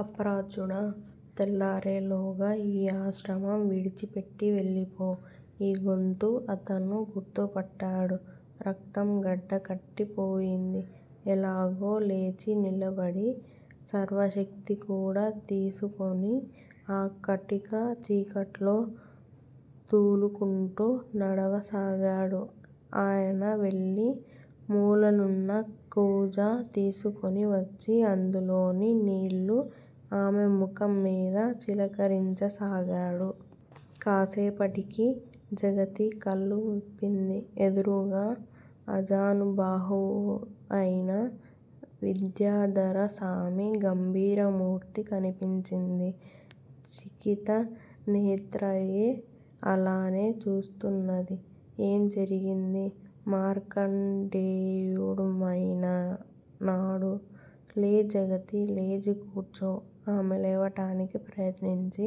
అప్రాచ్యుడా! తెల్లారే లోగా యీ ఆశ్రమం విడిచిపెట్టి వెళ్ళిపో. ఈ గొంతు అతను గుర్తుపట్టాడు. రక్తం గడ్డకట్టి పోయింది. ఎలాగో లేచి నిలబడి సర్వశక్తి కూడ దీసుకుని ఆ కటిక చీకట్లో తూలుకుంటూ నడవ సాగాడు. ఆయన వెళ్ళి మూలనున్న కూజా తీసుకుని వచ్చి, అందులోని నీళ్ళు ఆమె ముఖం మీద చిలకరించ సాగాడు. కాసేపటికి జగతి కళ్ళు విప్పింది. ఎదురుగా ఆజానుబాహువైన విద్యాధరస్వామి గంభీరమూర్తి కనిపించింది. చకిత నేత్రయై అలానే చూస్తున్నది. ఏం జరిగింది? మార్కండేయుడేమైనాడు? లే జగతీ! లేచి కూర్చో. ఆమె లేవటానికి ప్రయత్నించి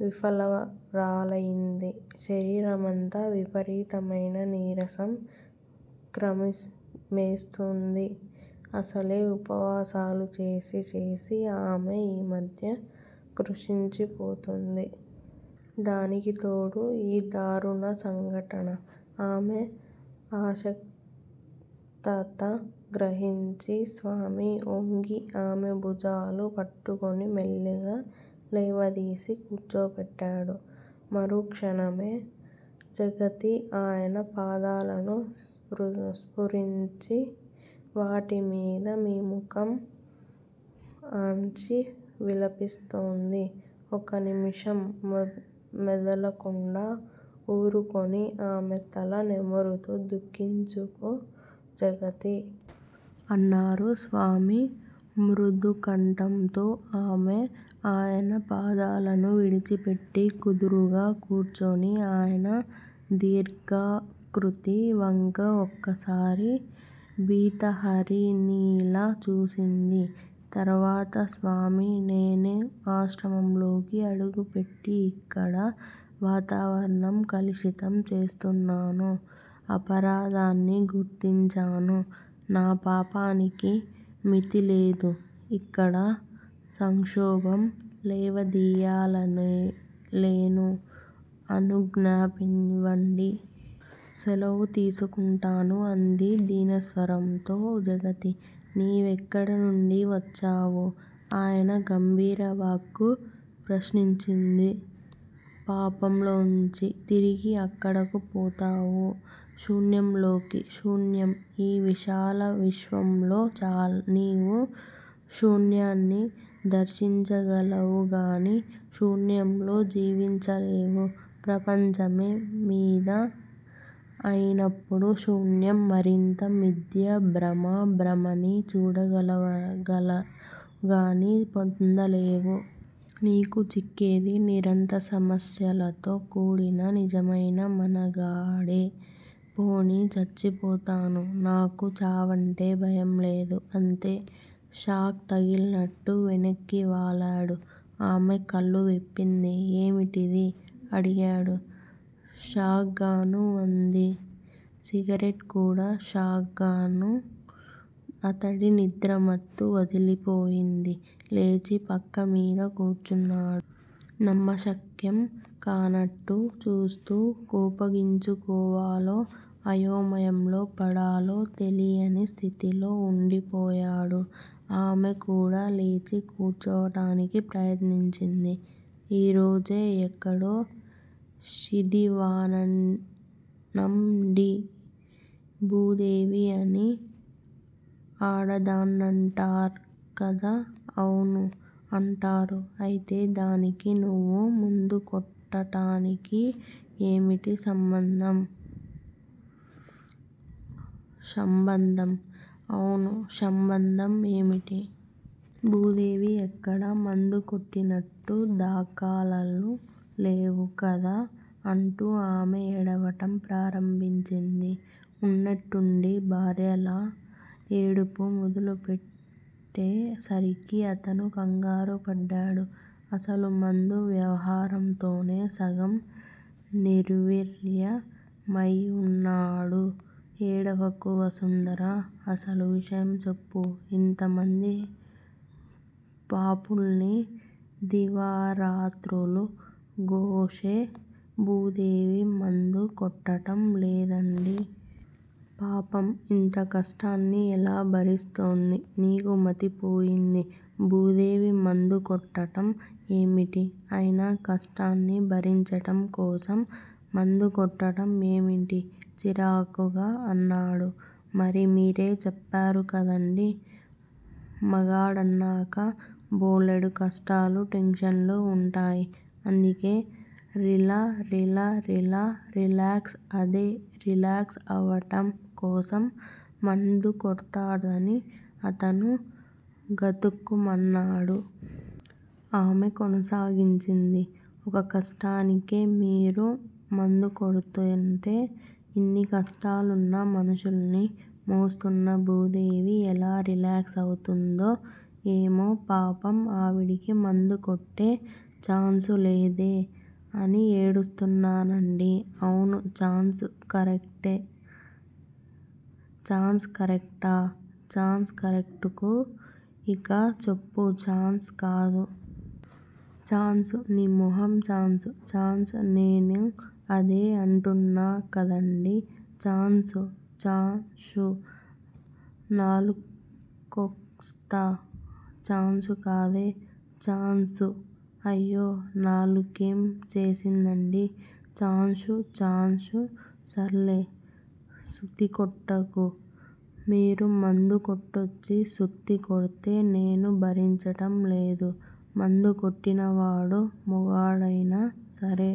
విఫలురాలైంది. శరీరమంతా విపరీతమైన నీరసం క్రమ్మివేసింది. అసలే ఉపవాసాలు చేసి చేసి ఆమె ఈ మధ్య కృశించి పోతోంది. దానికి తోడు యీ దారుణ సంఘటన. ఆమె అశక్తత గ్రహించి స్వామి వొంగి ఆమె భుజాలు పట్టుకుని మెల్లిగా లేవదీసి కూర్చోపెట్టాడు. మరుక్షణం జగతి ఆయన పాదాలను స్పృశించి, వాటి మీద ముఖం ఆన్చి విలపిస్తోంది. ఒకనిముషం మెదలకుండా ఊరుకుని ఆమె తల నిమురుతూ దుఃఖించకు జగతీ! అన్నారు స్వామి మృదుకంఠంతో. ఆమె ఆయన పాదాలను విడిచిపెట్టి కుదురుగా కూర్చుని ఆయన దీర్ఘాకృతి వంక ఒకసారి భీతహరిణలా చూసింది. తరువాత స్వామీ! నేను ఆశ్రమంలోకి అడుగుపెట్టి యిక్కడ వాతావరణం కలుషితం చేస్తున్నాను. అపరాధాన్ని గుర్తించాను. నా పాపానికి మితిలేదు. ఇక్కడ సంక్షోభం లేవదియ్యలేను, అనుజ్ఞయివ్వండి. సెలవు తీసుకుంటాను అంది దీనస్వరంతో. జగతీ! నీవెక్కడి నుండి వచ్చావు? ఆయన గంభీర వాక్కు ప్రశ్నించింది. పాపంలోంచి. తిరిగి ఎక్కడకు పోతావు? శూన్యంలోకి. శూన్యం! ఈ విశాల విశ్వంలో నీవు శూన్యాన్ని దర్శించగలవుగాని శూన్యంలో జీవించలేవు. ప్రపంచమే మిధ్య అయినప్పుడు శూన్యం మరింత మిధ్య, భ్రమ, భ్రమని చూడగలవుగాని పొందలేవు. నీకు చిక్కేది నిరంతర సమస్యలతో కూడిన నిజమైన మనుగడే. పోనీ చచ్చిపోతాను. నాకు చావంటే భయంలేదు. అంతే. షాక్ తగిలినట్టు వెనక్కి వాలాడు. ఆమె కళ్ళు విప్పింది. ఏమిటిది? ' అడిగాడు. షాగాను అంది. సిగరెట్ కూడా షాగాను అతడి నిద్ర మత్తు వదిలిపోయింది. లేచి పక్కమీద కూర్చున్నాడు. నమ్మశక్యం కానట్టు చూస్తూ, కోపగించుకోవాలో, అయోమయంలో పడాలో తెలియని స్థితిలో ఉండిపోయాడు. ఆమె కూడా లేచి కూర్చోవటానికి ప్రయత్నించింది. ఈరోజే ఎక్కడో షిదివానండీ. భూదేవి అని ఆడదాన్నంటార్ట కదా అవును. అంటారు. అయితే దానికీ నువ్వు మందుకొట్టటానికీ ఏమిటి సంబంధం? షంబంధం? అవును శంబంధం ఏమిటి? భూదేవి ఎక్కడా మందుకొట్టినట్టు దాఖలాలు లేవు కదా అంటూ ఆమె ఏడవటం ప్రారంభించింది. ఉన్నట్టుండి భార్య అలా ఏడుపు మొదలు పెట్టే సరికి అతను కంగారు పడ్డాడు. అసలు మందు వ్యవహారంతోనే సగం నిర్వీర్యమయివున్నాడు. ఏడవకు వసుంధరా! అసలు విషయం చెప్పు ఇంత మంది పాపుల్ని దివారాత్రాలు ఘోషే భూదేవి మందు కొట్టటం లేదండీ. పాపం ఇంత కష్టాన్ని ఎలా భరిస్తోంది? నీకు మతిపోయింది. భూదేవి మందు కొట్టటం ఏమిటి? అయినా కష్టాన్ని భరించటం కోసం మందుకొట్టటం ఏమిటి? చిరాగ్గా అన్నాడు. మరి మీరే చెప్పారు కదండీ. మొగాడన్నాక బోలెడు కష్టాలూ టెన్షన్లూ వుంటాయి. అందుకే రిలా రిలా రిలా రిలాక్స్ అదే రిలాక్స్ అవటం కోసం మందుకొడ్తారని అతడు గతుక్కుమన్నాడు. ఆమె కొనసాగించింది. ఒక్క కష్టానికే మీరు మందు కొడ్తుంటే, ఇన్ని కష్టాలున్న మనుషుల్ని మోస్తున్న భూదేవి ఎలా రిలాక్స్ అవుతుందో ఏమో పాపం ఆవిడకి మందు కొట్టే ఛాన్షు లేదే అని ఏడుస్తున్నానండీ. అవునూ ఛాన్సు కరెక్టా? ఛాన్షు కరెక్టా? ఛాన్సే కరెక్టు. ఇక చెప్పు ఛాన్షు కాదు. ఛాన్సు నీ మొహం ఛాన్సు. ఛాన్సు నేను అదే అంటున్నా కదండీ ఛాన్షు ఛా న్షు నాలుక్కోస్తా. ఛాన్షు కాదే. ఛాన్సు అయ్యో. నాలుకేం చేసిందండి. ఛాన్షు. ఛాన్షు సర్లే. సుత్తికొట్టకు మీరు మందు కొట్టొచ్చి సుత్తి కొడ్తే నేను భరించటం లేదా. మందు కొట్టినవాడు మొగుడయినా సరే.